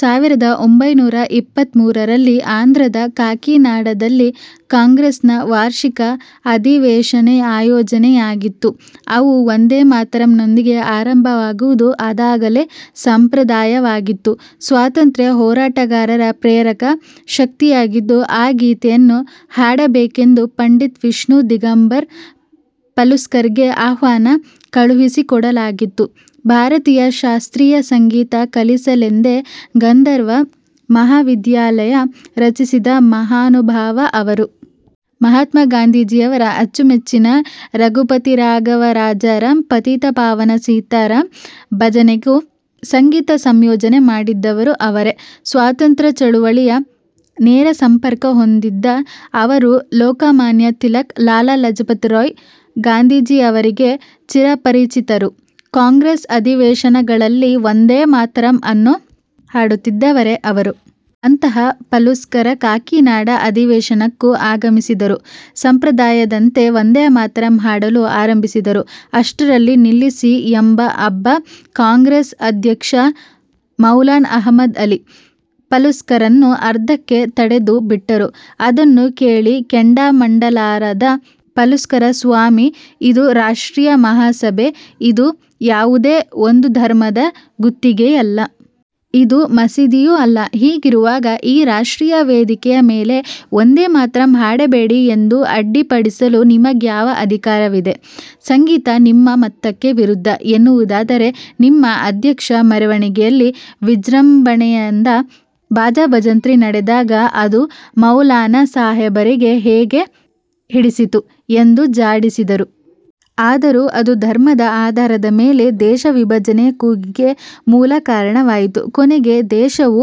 ಸಾವಿರದ ಪಒಂಭೈನೂರ ಇಪ್ಪತ್ತ ಮೂರರಲ್ಲಿ ಆಂಧ್ರದ ಕಾಕಿನಾಡದಲ್ಲಿ ಕಾಂಗ್ರೆಸ್ನ ವಾರ್ಷಿಕ ಅಧಿವೇಶನಆಯೋಜನೆಯಾಗಿತ್ತು. ಅವು 'ವಂದೇ ಮಾತರಂ'ನೊಂದಿಗೆ ಆರಂಭವಾಗುವುದು ಅದಾಗಲೇ ಸಂಪ್ರದಾಯವಾಗಿತ್ತು. ಸ್ವಾತಂತ್ರ್ಯ ಹೋರಾಟಗಾರರ ಪ್ರೇರಕ ಶಕ್ತಿಯಾಗಿದ್ದ ಆ ಗೀತೆಯನ್ನು ಹಾಡಬೇಕೆಂದು ಪಂಡಿತ್ ವಿಷ್ಣು ದಿಗಂಬರ ಪಲುಸ್ಕರ್ಗೆ ಆಹ್ವಾನ ಕಳುಹಿಸಿಕೊಡಲಾಗಿತ್ತು. ಭಾರತೀಯ ಶಾಸ್ತ್ರೀಯ ಸಂಗೀತ ಕಲಿಸಲೆಂದೇ ಗಂಧರ್ವ ಮಹಾವಿದ್ಯಾಲಯ ರಚಿಸಿದ ಮಹಾನುಭಾವ ಅವರು. ಮಹಾತ್ಮ ಗಾಂಧೀಜಿಯವರ ಅಚ್ಚುಮೆಚ್ಚಿನ 'ರಘುಪತಿ ರಾಘವ ರಾಜಾರಾಂ, ಪತೀತ ಪಾವನ ಸೀತಾರಾಂ' ಭಜನೆಗೂ ಸಂಗೀತ ಸಂಯೋಜನೆ ಮಾಡಿದ್ದವರು ಅವರೇ. ಸ್ವಾತಂತ್ರ್ಯ ಚಳವಳಿಯ ನೇರ ಸಂಪರ್ಕ ಹೊಂದಿದ್ದ ಅವರು ಲೋಕಮಾನ್ಯ ತಿಲಕ್, ಲಾಲಾ ಲಜಪತ್ ರಾಯ್, ಗಾಂಧೀಜಿಯವರಿಗೆ ಚಿರಪರಿಚಿತರು. ಕಾಂಗ್ರೆಸ್ ಅಧಿವೇಶನಗಳಲ್ಲಿ ವಂದೇ ಮಾತರಂ ಅನ್ನು ಹಾಡುತ್ತಿದ್ದವರೇ ಅವರು. ಅಂತಹ ಪಲುಸ್ಕರ್ ಕಾಕಿನಾಡ ಅಧಿವೇಶನಕ್ಕೂ ಆಗಮಿಸಿದರು. ಸಂಪ್ರದಾಯದಂತೆ ವಂದೇ ಮಾತರಂ ಹಾಡಲು ಆರಂಭಿಸಿದರು. ಅಷ್ಟರಲ್ಲಿ, ನಿಲ್ಲಿಸಿ ಎಂಬ ಅಬ್ಬ ಕಾಂಗ್ರೆಸ್ ಅಧ್ಯಕ್ಷ ಮೌಲಾನ ಅಹಮದ್ ಅಲಿ, ಪಲುಸ್ಕರನ್ನು ಅರ್ಧಕ್ಕೇ ತಡೆದು ಬಿಟ್ಟರು. ಅದನ್ನು ಕೇಳಿ ಕೆಂಡಾಮಂಡಲರಾದ ಪಲುಸ್ಕರ್, 'ಸ್ವಾಮಿ, ಇದು ರಾಷ್ಟ್ರೀಯ ಮಹಾಸಭೆ. ಇದು ಯಾವುದೇ ಒಂದು ಧರ್ಮದ ಗುತ್ತಿಗೆಯಲ್ಲ. ಇದು ಮಸೀದಿಯೂ ಅಲ್ಲ. ಹೀಗಿರುವಾಗ ಈ ರಾಷ್ಟ್ರೀಯ ವೇದಿಕೆ ಮೇಲೆ ವಂದೇ ಮಾತರಂ ಹಾಡಬೇಡ ಎಂದು ಅಡ್ಡಿಪಡಿಸಲು ನಿಮಗ್ಯಾವ ಅಧಿಕಾರವಿದೆ? ಸಂಗೀತ ನಿಮ್ಮ ಮತಕ್ಕೆ ವಿರುದ್ಧ ಎನ್ನುವುದಾದರೆ ನಿಮ್ಮ ಅಧ್ಯಕ್ಷ ಮೆರವಣಿಗೆಯಲ್ಲಿ ವಿಜೃಂಭಣೆಯಿಂದ ಬಾಜಾ ಭಜಂತ್ರಿ ನಡೆದಾಗ ಅದು ಮೌಲಾನ ಸಾಹೇಬರಿಗೆ ಹೇಗೆ ಹಿಡಿಸಿತು? ' ಎಂದು ಜಾಡಿಸಿದರು. ಆದರೂ ಅದು ಧರ್ಮದ ಆಧಾರದ ಮೇಲೆ ದೇಶ ವಿಭಜನೆಯ ಕೂಗಿಗೆ ಮೂಲ ಕಾರಣವಾಯಿತು, ಕೊನೆಗೆ ದೇಶವೂ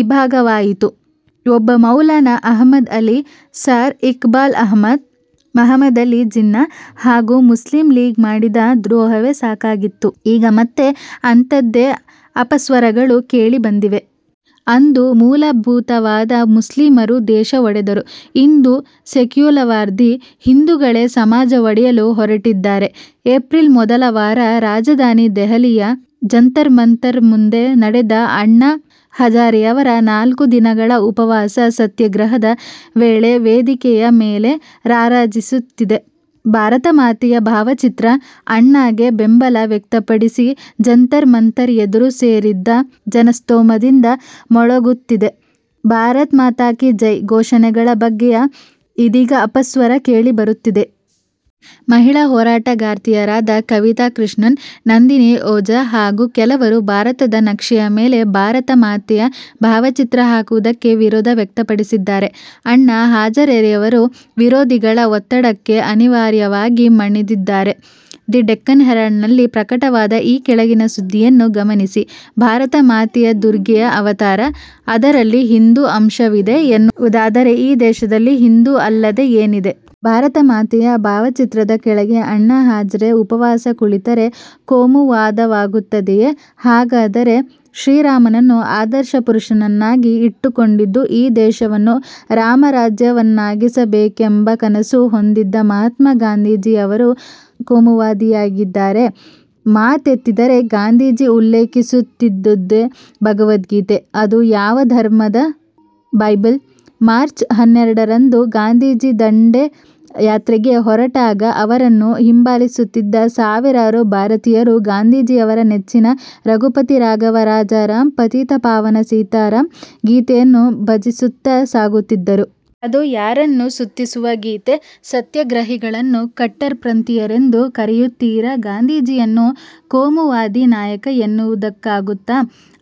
ಇಬ್ಭಾಗವಾಯಿತು. ಒಬ್ಬ ಮೌಲಾನ ಅಹಮದ್ ಅಲಿ, ಸರ್ ಇಕ್ಬಾಲ್ ಅಹಮದ್, ಮಹಮದ್ ಅಲಿ ಜಿನ್ನಾ ಹಾಗೂ ಮುಸ್ಲಿಂ ಲೀಗ್ ಮಾಡಿದ ದ್ರೋಹವೇ ಸಾಕಾಗಿತ್ತು. ಈಗ ಮತ್ತೆ ಅಂಥದ್ದೇ ಅಪಸ್ವರಗಳು ಕೇಳಿ ಬಂದಿವೆ. ಅಂದು ಮೂಲಭೂತವಾದಿ ಮುಸ್ಲಿಮರು ದೇಶ ಒಡೆದರು, ಇಂದು ಸೆಕ್ಯುಲರ್ವಾದಿ ಹಿಂದುಗಳೇ ಸಮಾಜ ಒಡೆಯಲು ಹೊರಟಿದ್ದಾರೆ. ಏಪ್ರಿಲ್ ಮೊದಲ ವಾರ ರಾಜಧಾನಿ ದೆಹಲಿಯ ಜಂತರ್ಮಂತರ್ ಮುಂದೆ ನಡೆದ ಅಣ್ಣಾ ಹಜಾರೆಯವರ ನಾಲ್ಕು ದಿನಗಳ ಉಪವಾಸ ಸತ್ಯಾಗ್ರಹದ ವೇಳೆ ವೇದಿಕೆಯ ಮೇಲೆ ರಾರಾಜಿಸುತ್ತಿದ್ದ ಭಾರತ ಮಾತೆಯ ಭಾವಚಿತ್ರ, ಅಣ್ಣಾಗೆ ಬೆಂಬಲ ವ್ಯಕ್ತಪಡಿಸಿ ಜಂತರ್ ಮಂತರ್ ಎದುರು ಸೇರಿದ್ದ ಜನಸ್ತೋಮದಿಂದ ಮೊಳಗುತ್ತಿದ್ದ 'ಭಾರತ್ ಮಾತಾ ಕೀ ಜೈ' ಘೋಷಣೆಗಳ ಬಗ್ಗೆಯೂ ಇದೀಗ ಅಪಸ್ವರ ಕೇಳಿಬರುತ್ತಿದೆ. ಮಹಿಳಾ ಹೋರಾಟಗಾರ್ತಿಯರಾದ ಕವಿತಾ ಕೃಷ್ಣನ್, ನಂದಿನಿ ಓಜಾ ಹಾಗೂ ಕೆಲವರು ಭಾರತದ ನಕ್ಷೆಯ ಮೇಲೆ ಭಾರತ ಮಾತೆಯ ಭಾವಚಿತ್ರ ಹಾಕುವುದಕ್ಕೆ ವಿರೋಧ ವ್ಯಕ್ತಪಡಿಸಿದ್ದಾರೆ. ಅಣ್ಣಾ ಹಜಾರೆಯವರು ವಿರೋಧಿಗಳ ಒತ್ತಡಕ್ಕೆ ಅನಿವಾರ್ಯವಾಗಿ ಮಣಿದಿದ್ದಾರೆ. ದಿ ಡೆಕ್ಕನ್ ಹೆರಾಲ್ಡ್ನಲ್ಲಿ ಪ್ರಕಟವಾದ ಈ ಕೆಳಗಿನ ಸುದ್ದಿಯನ್ನು ಗಮನಿಸಿ. ಭಾರತ ಮಾತೆ ದುರ್ಗೆಯ ಅವತಾರ, ಅದರಲ್ಲಿ ಹಿಂದು ಅಂಶವಿದೆ ಎನ್ನುವುದಾದರೆ ಈ ದೇಶದಲ್ಲಿ ಹಿಂದು ಅಲ್ಲದ್ದು ಏನಿದೆ. ಭಾರತ ಮಾತೆಯ ಭಾವಚಿತ್ರದ ಕೆಳಗೆ ಅಣ್ಣಾ ಹಜಾರೆ ಉಪವಾಸ ಕುಳಿತರೆ ಕೋಮುವಾದವಾಗುತ್ತದೆಯೆ? ಹಾಗಾದರೆ ಶ್ರೀರಾಮನನ್ನು ಅದರ್ಶ ಪುರುಷನನ್ನಾಗಿ ಇಟ್ಟುಕೊಂಡಿದ್ದ, ಈ ದೇಶವನ್ನು ರಾಮರಾಜ್ಯವನ್ನಾಗಿಸಬೇಕೆಂಬ ಕನಸು ಹೊಂದಿದ್ದ ಮಹಾತ್ಮ ಗಾಂಧೀಜಿ ಅವರೂ ಕೋಮುವಾದಿಯಾಗಿದ್ದರೆ? ಮಾತೆತ್ತಿದರೆ ಗಾಂಧೀಜಿ ಉಲ್ಲೇಖಿಸುತ್ತಿದ್ದುದೇ ಭಗವದ್ಗೀತೆ. ಅದು ಯಾವ ಧರ್ಮದ ಬೈಬಲ್?, ಮಾರ್ಚ್ ಹನ್ನೆರಡರಂದು ಗಾಂಧೀಜಿ ದಂಡಿ ಯಾತ್ರೆಗೆ ಹೊರಟಾಗ ಅವರನ್ನು ಹಿಂಬಾಲಿಸುತ್ತಿದ್ದ ಸಾವಿರಾರು ಭಾರತೀಯರು ಗಾಂಧೀಜಿಯವರ ನೆಚ್ಚಿನ 'ರಘುಪತಿ ರಾಘವ ರಾಜಾರಾಂ, ಪತೀತ ಪಾವನ ಸೀತಾರಾಂ' ಗೀತೆಯನ್ನು ಭಜಿಸುತ್ತಾ ಸಾಗುತ್ತಿದ್ದರು. ಅದು ಯಾರನ್ನು ಸ್ತುತಿಸುವ ಗೀತೆ. ಸತ್ಯಾಗ್ರಹಿಗಳನ್ನೂ ಕಟ್ಟರ್ಪಂಥೀಯರೆಂದು ಕರೆಯುತ್ತೀರಾ ಗಾಂಧೀಜಿಯನ್ನು ಕೋಮುವಾದಿ ನಾಯಕ ಎನ್ನುವುದಕ್ಕಾಗುತ್ತಾ?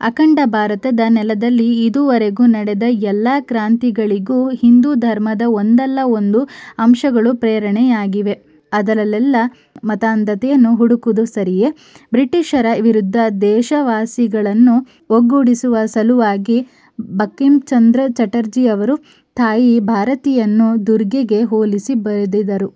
ಅಖಂಡ ಭಾರತದ ನೆಲದಲ್ಲಿ ಇದುವರೆಗೂ ನಡೆದ ಎಲ್ಲ ಕ್ರಾಂತಿಗಳಿಗೂ ಹಿಂದು ಧರ್ಮದ ಒಂದಲ್ಲ ಒಂದು ಅಂಶಗಳು ಪ್ರೇರಣೆಯಾಗಿವೆ. ಅದರಲ್ಲೆಲ್ಲ ಮತಾಂಧತೆಯನ್ನು ಹುಡುಕುವುದು ಸರಿಯೇ? ಬ್ರಿಟಿಷರ ವಿರುದ್ಧ ದೇಶವಾಸಿಗಳನ್ನು ಒಗ್ಗೂಡಿಸುವ ಸಲುವಾಗಿ ಬಂಕಿಮ ಚಂದ್ರ ಚಟರ್ಜಿಯವರು ತಾಯಿ ಭಾರತಿಯನ್ನು ದುರ್ಗೆಗೆ ಹೋಲಿಸಿ ಬರೆದರು.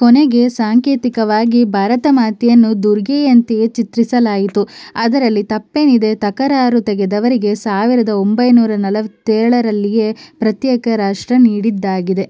ಕೊನೆಗೆ ಸಾಂಕೇತಿಕವಾಗಿ ಭಾರತಮಾತೆಯನ್ನು ದುರ್ಗೆಯಂತೆಯೇ ಚಿತ್ರಿಸಲಾಯಿತು. ಅದರಲ್ಲಿ ತಪ್ಪೇನಿದೆ. ತಕರಾರು ತೆಗೆದವರಿಗೆ ಸಾವಿರದ ಒಂಭೈನೂರ ನಲವತ್ತೇಳ ರಲ್ಲಿಯೇ ಪ್ರತ್ಯೇಕ ರಾಷ್ಟ್ರ ನೀಡಿದ್ದಾಗಿದೆ.